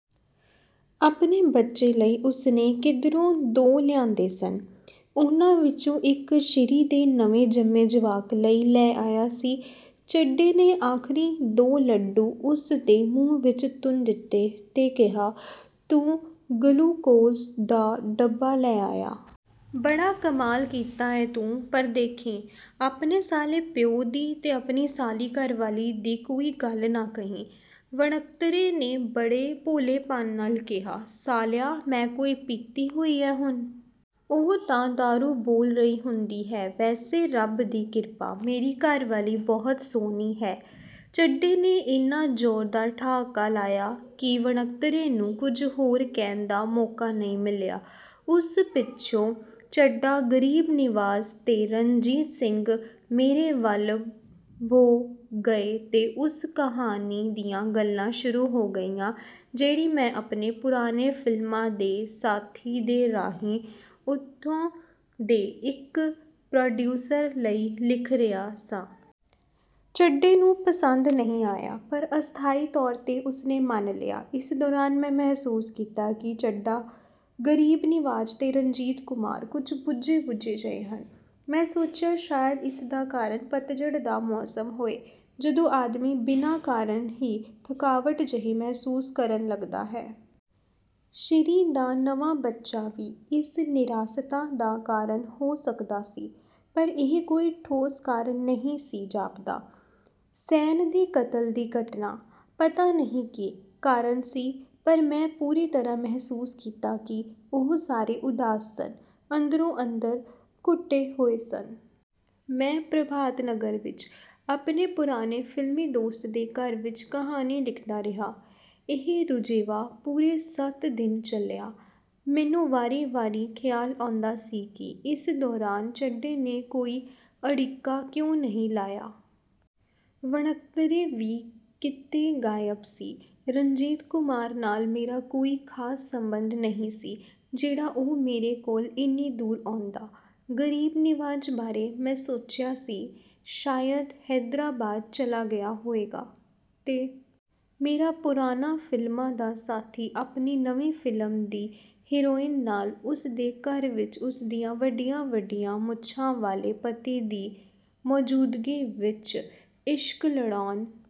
ਆਪਣੇ ਬੱਚੇ ਲਈ ਉਸਨੇ ਕਿਧਰੋਂ ਦੋ ਲਿਆਂਦੇ ਸਨ, ਉਹਨਾਂ ਵਿਚੋਂ ਇਕ ਸ਼ੀਰੀਂ ਦੇ ਨਵੇਂ ਜੰਮੇ ਜਵਾਕ ਲਈ ਲੈ ਆਇਆ ਸੀ। ਚੱਡੇ ਨੇ ਆਖਰੀ ਦੋ ਲੱਡੂ ਉਸਦੇ ਮੂੰਹ ਵਿਚ ਤੁੰਨ ਦਿੱਤੇ ਤੇ ਕਿਹਾ, "ਤੂੰ ਗਲੂਕੋਸ ਦਾ ਡੱਬਾ ਲੈ ਆਇਆ। ਬੜਾ ਕਮਾਲ ਕੀਤਾ ਏ ਤੂੰ ਪਰ ਦੇਖੀਂ, ਆਪਣੇ ਸਾਲੇ ਪਿਉ ਦੀ ਤੇ ਆਪਣੀ ਸਾਲੀ ਘਰਵਾਲੀ ਦੀ, ਕੋਈ ਗੱਲ ਨਾ ਕਹੀਂ ।" ਵਣਕਤਰੇ ਨੇ ਬੜੇ ਭੋਲੇਪਨ ਨਾਲ ਕਿਹਾ, "ਸਾਲਿਆ, ਮੈਂ ਕੋਈ ਪੀਤੀ ਹੋਈ ਏ ਹੁਣ? ਉਹ ਤਾਂ ਦਾਰੂ ਬੋਲ ਰਹੀ ਹੁੰਦੀ ਏ ਵੈਸੇ ਰਬ ਦੀ ਕ੍ਰਿਪਾ, ਮੇਰੀ ਘਰਵਾਲੀ ਬਹੁਤ ਸੋਹਣੀ ਹੈ। "ਚੱਡੇ ਨੇ ਏਨਾ ਜ਼ੋਰਦਾਰ ਠਹਾਕਾ ਲਾਇਆ ਕਿ ਵਣਕਤਰੇ ਨੂੰ ਕੁਝ ਹੋਰ ਕਹਿਣ ਦਾ ਮੌਕਾ ਨਹੀਂ ਮਿਲਿਆ। ਉਸ ਪਿੱਛੋਂ ਚੱਡਾ, ਗਰੀਬ ਨਿਵਾਜ ਤੇ ਰਣਜੀਤ ਸਿੰਘ ਮੇਰੇ ਵੱਲ ਭੌਂ ਗਏ ਤੇ ਉਸ ਕਹਾਣੀ ਦੀਆਂ ਗੱਲਾਂ ਸ਼ੁਰੂ ਹੋ ਗਈਆਂ ਜਿਹੜੀ ਮੈਂ ਆਪਣੇ ਪੁਰਾਣੇ ਫ਼ਿਲਮਾਂ ਦੇ ਸਾਥੀ ਦੇ ਰਾਹੀਂ ਉੱਥੋਂ ਦੇ ਇਕ ਪ੍ਰੋਡਿਊਸਰ ਲਈ ਲਿਖ ਰਿਹਾ ਸਾਂ। ਚੱਡੇ ਨੂੰ ਪਸੰਦ ਨਹੀਂ ਆਇਆ, ਪਰ ਅਸਥਾਈ ਤੌਰ 'ਤੇ ਉਸਨੇ ਮੰਨ ਲਿਆ। ਇਸ ਦੌਰਾਨ ਮੈਂ ਮਹਿਸੂਸ ਕੀਤਾ ਕਿ ਚੱਡਾ, ਗਰੀਬ ਨਿਵਾਜ ਤੇ ਰਣਜੀਤ ਕੁਮਾਰ ਕੁਝ ਬੁਝੇ-ਬੁਝੇ ਜਿਹੇ ਨੇ। ਮੈਂ ਸੋਚਿਆ, ਸ਼ਾਇਦ ਇਸ ਦਾ ਕਾਰਨ ਪਤਝੜ ਦਾ ਮੌਸਮ ਹੋਏ, ਜਦੋਂ ਆਦਮੀ ਬਿਨਾਂ ਕਾਰਨ ਹੀ ਥਕਾਵਟ ਜਿਹੀ ਮਹਿਸੂਸ ਕਰਨ ਲੱਗਦਾ ਹੈ। ਸ਼ੀਰੀਂ ਦਾ ਨਵਾਂ ਬੱਚਾ ਵੀ ਇਸ ਨਿਰਾਸਤਾ ਦਾ ਕਾਰਨ ਹੋ ਸਕਦਾ ਸੀ, ਪਰ ਇਹ ਕੋਈ ਠੋਸ ਕਾਰਨ ਨਹੀਂ ਸੀ ਜਾਪਦਾ। ਸੈਨ ਦੇ ਕਤਲ ਦੀ ਘਟਨਾ? ਪਤਾ ਨਹੀਂ ਕੀ ਕਾਰਨ ਸੀ ਪਰ ਮੈਂ ਪੂਰੀ ਤਰ੍ਹਾਂ ਮਹਿਸੂਸ ਕੀਤਾ ਕਿ ਉਹ ਸਾਰੇ ਉਦਾਸ ਸਨ; ਅੰਦਰੇ-ਅੰਦਰ ਘੁੱਟੇ ਹੋਏ ਸਨ। ਮੈਂ ਪ੍ਰਭਾਤ ਨਗਰ ਵਿਚ ਆਪਣੇ ਪੁਰਾਣੇ ਫਿਲਮੀਂ ਦੋਸਤ ਦੇ ਘਰ ਵਿਚ ਕਹਾਣੀ ਲਿਖਦਾ ਰਿਹਾ। ਇਹ ਰੁਝੇਵਾਂ ਪੂਰੇ ਸੱਤ ਦਿਨ ਚੱਲਿਆ। ਮੈਨੂੰ ਵਾਰੀ-ਵਾਰੀ ਖਿਆਲ ਆਉਂਦਾ ਸੀ ਕਿ ਇਸ ਦੌਰਾਨ ਚੱਡੇ ਨੇ ਕੋਈ ਅੜਿਕਾ ਕਿਉਂ ਨਹੀਂ ਲਾਇਆ। ਵਣਕਤਰੇ ਵੀ ਕਿਤੇ ਗਾਇਬ ਸੀ। ਰਣਜੀਤ ਕੁਮਾਰ ਨਾਲ ਮੇਰਾ ਕੋਈ ਖਾਸ ਸਬੰਧ ਨਹੀਂ ਸੀ, ਜਿਹੜਾ ਉਹ ਮੇਰੇ ਕੋਲ ਏਨੀ ਦੂਰ ਆਉਂਦਾ। ਗਰੀਬ ਨਿਵਾਜ ਬਾਰੇ ਮੈਂ ਸੋਚਿਆ ਸੀ, ਸ਼ਾਇਦ ਹੈਦਰਾਬਾਦ ਚਲਾ ਗਿਆ ਹੋਏਗਾ। ਤੇ ਮੇਰਾ ਪੁਰਾਣਾ ਫਿਲਮਾਂ ਦਾ ਸਾਥੀ ਆਪਣੀ ਨਵੀਂ ਫਿਲਮ ਦੀ ਹੀਰੋਇਨ ਨਾਲ, ਉਸਦੇ ਘਰ ਵਿਚ, ਉਸਦੀਆਂ ਵੱਡੀਆਂ-ਵੱਡੀਆਂ ਮੁੱਛਾਂ ਵਾਲੇ ਪਤੀ ਦੀ ਮੌਜੂਦਗੀ ਵਿਚ, ਇਸ਼ਕ ਲੜਾਉਣ